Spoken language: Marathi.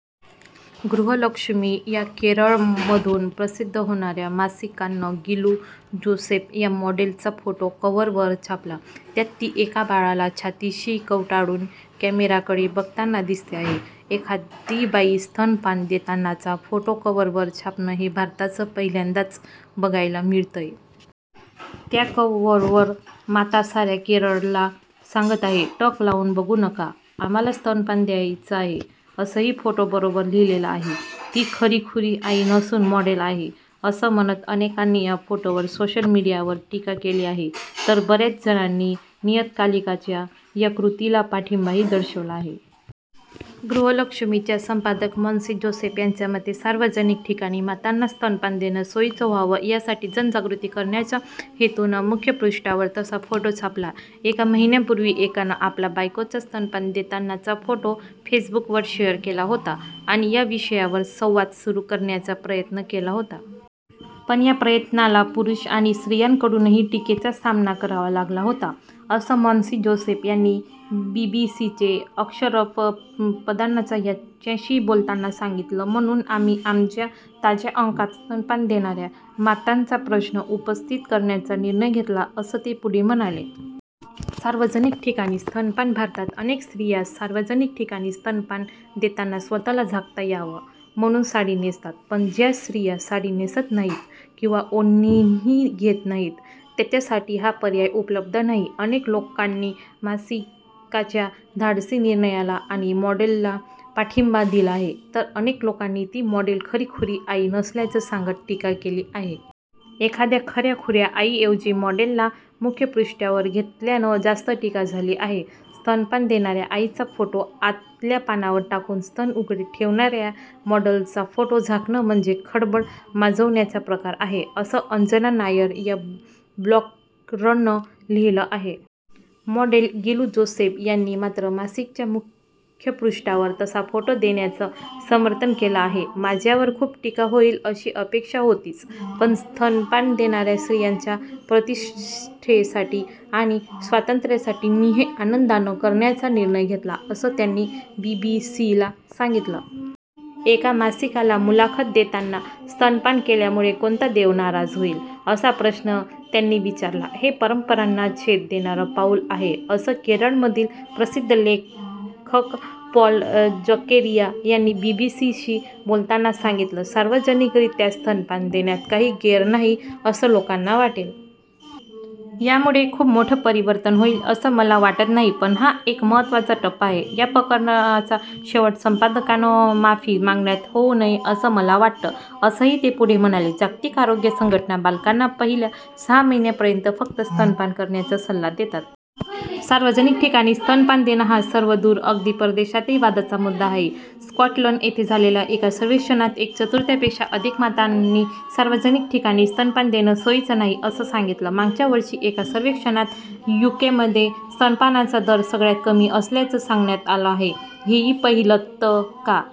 गृहलक्ष्मी या केरळमधून प्रसिद्ध होणाऱ्या मासिकानं गिलू जोसेफ या मॉडेलचा फोटो कव्हरवर छापला. त्यात ती एका बाळाला छातीशी कवटाळून कॅमेराकडे बघताना दिसते आहे. एखादी बाई स्तनपान देतानाचा फोटो कव्हरवर छापणं हे भारतात पहिल्यांदाच बघायला मिळतंय. त्या कव्हरवर माता साऱ्या केरळला सांगत आहेत टक लावून बघू नका, आम्हाला स्तनपान द्यायचं आहे, असंही फोटोबरोबर लिहिलेलं आहे. ती खरीखुरी आई नसून मॉडेल आहे, असं म्हणत अनेकांनी या फोटोवर सोशल मीडियावर टीका केली आहे, तर बऱ्याच जणांनी नियतकालिकाच्या या कृतीला पाठिंबाही दर्शवला आहे. गृहलक्ष्मीच्या संपादक मॉन्सी जोसेफ यांच्या मते, सार्वजनिक ठिकाणी मातांना स्तनपान देणं सोयीचं व्हावं यासाठी जनजागृती करण्याच्या हेतूनं मुखपृष्ठावर तसा फोटो छापला. एका महिन्यापूर्वी एकानं आपल्या बायकोचा स्तनपान देतानाचा फोटो फेसबुकवर शेअर केला होता आणि या विषयावर संवाद सुरू करण्याचा प्रयत्न केला होता. पण या प्रयत्नाला पुरुष आणि स्त्रियांकडूनही टीकेचा सामना करावा लागला होता, असं मॉन्सी जोसेफ यांनी बीबीसीचे अशरफ पदान्ना यांच्याशी बोलताना सांगितलं. म्हणून आम्ही आमच्या ताज्या अंकात स्तनपान देणाऱ्या मातांचा प्रश्न उपस्थित करण्याचा निर्णय घेतला, असं ते पुढे म्हणाले. सार्वजनिक ठिकाणी स्तनपान भारतात अनेक स्त्रिया सार्वजनिक ठिकाणी स्तनपान देताना स्वतःला झाकता यावं म्हणून साडी नेसतात. पण ज्या स्त्रिया साडी नेसत नाहीत किंवा ओढणीही घेत नाहीत, त्यांच्यासाठी हा पर्याय उपलब्ध नाही. अनेक लोकांनी मासिकाच्या धाडसी निर्णयाला आणि मॉडेलला पाठिंबा दिला आहे, तर अनेक लोकांनी ती मॉडेल खरीखुरी आई नसल्याचं सांगत टीका केली आहे. एखाद्या खऱ्याखुऱ्या आईऐवजी मॉडेलला मुखपृष्ठावर घेतल्यानं जास्त टीका झाली आहे. स्तनपान देणाऱ्या आईचा फोटो आतल्या पानावर टाकून स्तन उघडे ठेवणाऱ्या मॉडेलचा फोटो टाकणं म्हणजे खळबळ माजवण्याचा प्रकार आहे, असं अंजना नायर या ब्लॉगरनं लिहिलं आहे. मॉडेल गिलू जोसेफ यांनी मात्र मासिकाच्या मुखपृष्ठावर तसा फोटो देण्याचं समर्थन केलं आहे. माझ्यावर खूप टीका होईल अशी अपेक्षा होतीच. पण स्तनपान देणाऱ्या स्त्रियांच्या प्रतिष्ठेसाठी आणि स्वातंत्र्यासाठी मी हे आनंदानं करण्याचा निर्णय घेतला, असं त्यांनी बीबीसीला सांगितलं. एका मासिकाला मुलाखत देतांना स्तनपान केल्यामुळे कोणता देव नाराज होईल? असा प्रश्न त्यांनी विचारला. हे परंपरांना छेद देणारं पाऊल आहे, असं केरळमधील प्रसिद्ध लेखक पॉल झकेरिया यांनी बीबीसीशी बोलताना सांगितलं. सार्वजनिकरित्या स्तनपान देण्यात काही गैर नाही, असं लोकांना वाटेल. यामुळे खूप मोठं परिवर्तन होईल असं मला वाटत नाही, पण हा एक महत्त्वाचा टप्पा आहे. या प्रकरणाचा शेवट संपादकानं माफी मागण्यात होऊ नये असं मला वाटतं, असंही ते पुढे म्हणाले. जागतिक आरोग्य संघटना बालकांना पहिल्या सहा महिन्यापर्यंत फक्त स्तनपान करण्याचा सल्ला देतात. सार्वजनिक ठिकाणी स्तनपान देणं हा सर्वदूर अगदी परदेशातही वादाचा मुद्दा आहे. स्कॉटलंड येथे झालेल्या एका सर्वेक्षणात एक चतुर्थांपेक्षा अधिक मातांनी सार्वजनिक ठिकाणी स्तनपान देणं सोयीचं नाही असं सांगितलं. मागच्या वर्षी एका सर्वेक्षणात यूकेमध्ये स्तनपानाचा दर सगळ्यात कमी असल्याचं सांगण्यात आलं आहे. हेही पाहिलंत का?